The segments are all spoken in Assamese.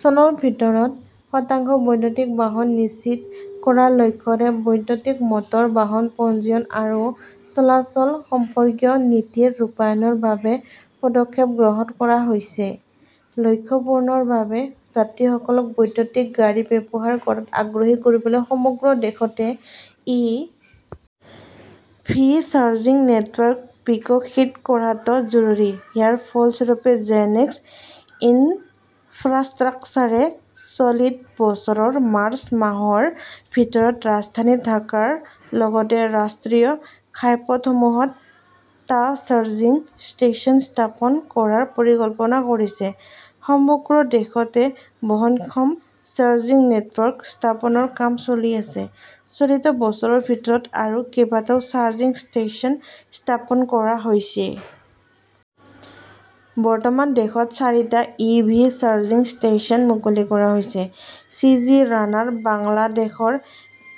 চনৰ ভিতৰত শতাংশ বৈদ্যুতিক বাহন নিশ্চিত কৰাৰ লক্ষ্যৰে বৈদ্যুতিক মটৰ বাহন পঞ্জীয়ন আৰু চলাচল সম্পৰ্কীয় নীতি- ৰ ৰূপায়ণৰ বাবে পদক্ষেপ গ্ৰহণ কৰা হৈছে। লক্ষ্য পূৰণৰ বাবে যাত্ৰীসকলক বৈদ্যুতিক গাড়ী ব্যৱহাৰ কৰাত আগ্ৰহী কৰিবলৈ সমগ্ৰ দেশতে ই. ভি. চাৰ্জিং নেটৱৰ্ক বিকশিত কৰাটো জৰুৰী। ইয়াৰ ফলস্বৰূপে, জেনেক্স ইনফ্ৰাষ্ট্ৰাকচাৰে চলিত বছৰৰ মাৰ্চ মাহৰ ভিতৰত ৰাজধানী ঢাকাৰ লগতে ৰাষ্ট্ৰীয় ঘাইপথসমূহত টা চাৰ্জিং ষ্টেচন স্থাপন কৰাৰ পৰিকল্পনা কৰিছে। সমগ্ৰ দেশতে বহনক্ষম চাৰ্জিং নেটৱৰ্ক স্থাপনৰ কাম চলি আছে, চলিত বছৰৰ ভিতৰত আৰু কেইবাটাও চাৰ্জিং ষ্টেচন স্থাপন কৰা হৈছে। বৰ্তমান দেশত চাৰিটা ই ভি চাৰ্জিং ষ্টেচন মুকলি কৰা হৈছে। চি. জি. ৰানাৰ বাংলাদেশৰ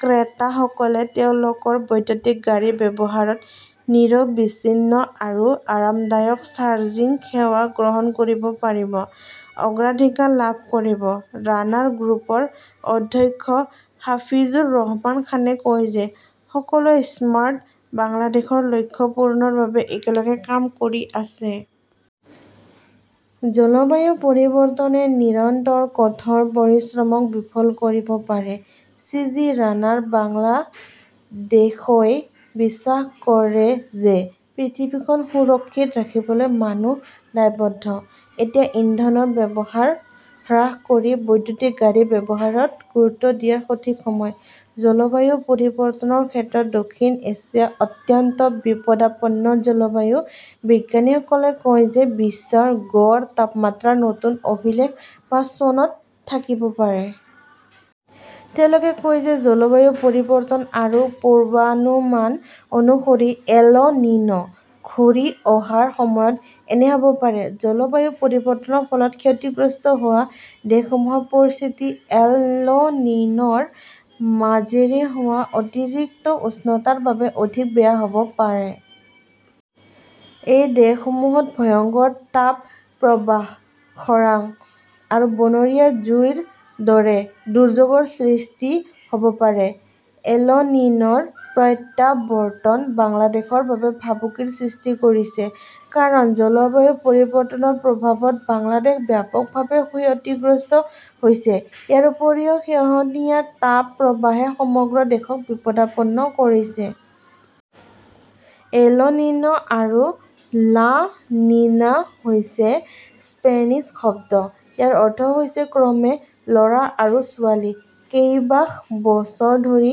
ক্ৰেতাসকলে তেওঁলোকৰ বৈদ্যুতিক গাড়ী ব্যৱহাৰত নিৰবিচ্ছিন্ন আৰু আৰামদায়ক চাৰ্জিং সেৱা গ্ৰহণ কৰিব পাৰিব; অগ্ৰাধিকাৰ লাভ কৰিব। ৰানাৰ গ্ৰুপৰ অধ্যক্ষ হাফিজুৰ ৰহমান খানে কয় যে সকলোৱে স্মাৰ্ট বাংলাদেশৰ লক্ষ্য পূৰণৰ বাবে একেলগে কাম কৰি আছে। জলবায়ু পৰিৱৰ্তনে নিৰন্তৰ কঠোৰ পৰিশ্ৰমক বিফল কৰিব পাৰে। চি. জি. ৰানাৰ বাংলাদেশই বিশ্বাস কৰে যে পৃথিৱীখন সুৰক্ষিত ৰাখিবলৈ মানুহ দায়বদ্ধ। এতিয়া ইন্ধনৰ ব্যৱহাৰ হ্ৰাস কৰি বৈদ্যুতিক গাড়ী ব্যৱহাৰত গুৰুত্ব দিয়াৰ সঠিক সময়। জলবায়ু পৰিৱৰ্তনৰ ক্ষেত্ৰত দক্ষিণ এছিয়া অত্যন্ত বিপদাপন্ন জলবায়ু বিজ্ঞানীসকলে কয় যে বিশ্বৰ গড় তাপমাত্ৰাৰ নতুন অভিলেখ বা চনত থাকিব পাৰে। তেওঁলোকে কয় যে জলবায়ু পৰিৱৰ্তন আৰু পূৰ্বানুমান অনুসৰি 'এল নিনো "ঘূৰি অহাৰ সময়ত এনে হ" ব পাৰে। জলবায়ু পৰিৱৰ্তনৰ ফলত ক্ষতিগ্ৰস্ত হোৱা দেশসমূহৰ পৰিস্থিতি এল নিন "ৰ মাজেৰে হোৱা অতিৰিক্ত উষ্ণতাৰ বাবে অধিক বেয়া হ" ব পাৰে। এই দেশসমূহত ভয়ংকৰ তাপপ্ৰবাহ, খৰাং আৰু বনৰীয়া জুইৰ দৰে দুৰ্যোগৰ সৃষ্টি হ "ব পাৰে। এল নিন "ৰ প্ৰত্যাৱৰ্তন বাংলাদেশৰ বাবেও ভাবুকিৰ সৃষ্টি কৰিছে। কাৰণ, জলবায়ু পৰিৱৰ্তনৰ প্ৰভাৱত বাংলাদেশ ব্যাপকভাৱে ক্ষতিগ্ৰস্ত হৈছে। ইয়াৰ উপৰিও শেহতীয়া তাপপ্ৰবাহে সমগ্ৰ দেশক বিপদাপন্ন কৰিছে। এল নিনো আৰু লা নিনা হৈছে স্পেনিছ শব্দ। ইয়াৰ অৰ্থ হৈছে ক্ৰমে ল "ৰা আৰু ছোৱালী। কেইবাশ বছৰ ধৰি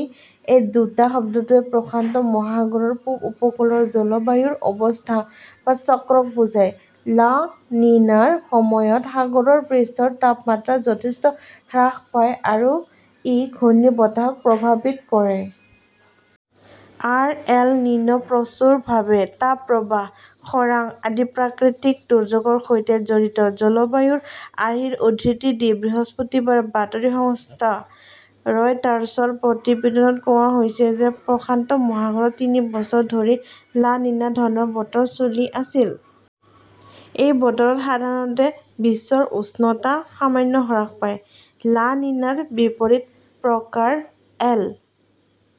এই দুটা শব্দটোৱে প্ৰশান্ত মহাসাগৰৰ পূব উপকূলৰ জলবায়ুৰ অৱস্থা বা চক্ৰক বুজায়। লা নিনাৰ সময়ত সাগৰৰ পৃষ্ঠৰ তাপমাত্ৰা যথেষ্ট হ্ৰাস পায় আৰু ই ঘূৰ্ণীবতাহক প্ৰভাৱিত কৰে। আৰ এল নিনো প্ৰচুৰভাৱে তাপপ্ৰবাহ, খৰাং আদি প্ৰাকৃতিক দুৰ্যোগৰ সৈতে জড়িত। জলবায়ুৰ আৰ্হিৰ উদ্ধৃতি দি বৃহস্পতিবাৰে বাতৰি সংস্থা ৰয়টাৰ্ছৰ প্ৰতিবেদনত কোৱা হৈছে যে প্ৰশান্ত মহাসাগৰত তিনি বছৰ ধৰি লা নিনা ধৰণৰ বতৰ চলি আছিল। এই বতৰত সাধাৰণতে বিশ্বৰ উষ্ণতা সামান্য হ্ৰাস পায়। লা নিনাৰ বিপৰীত প্ৰকাৰ এল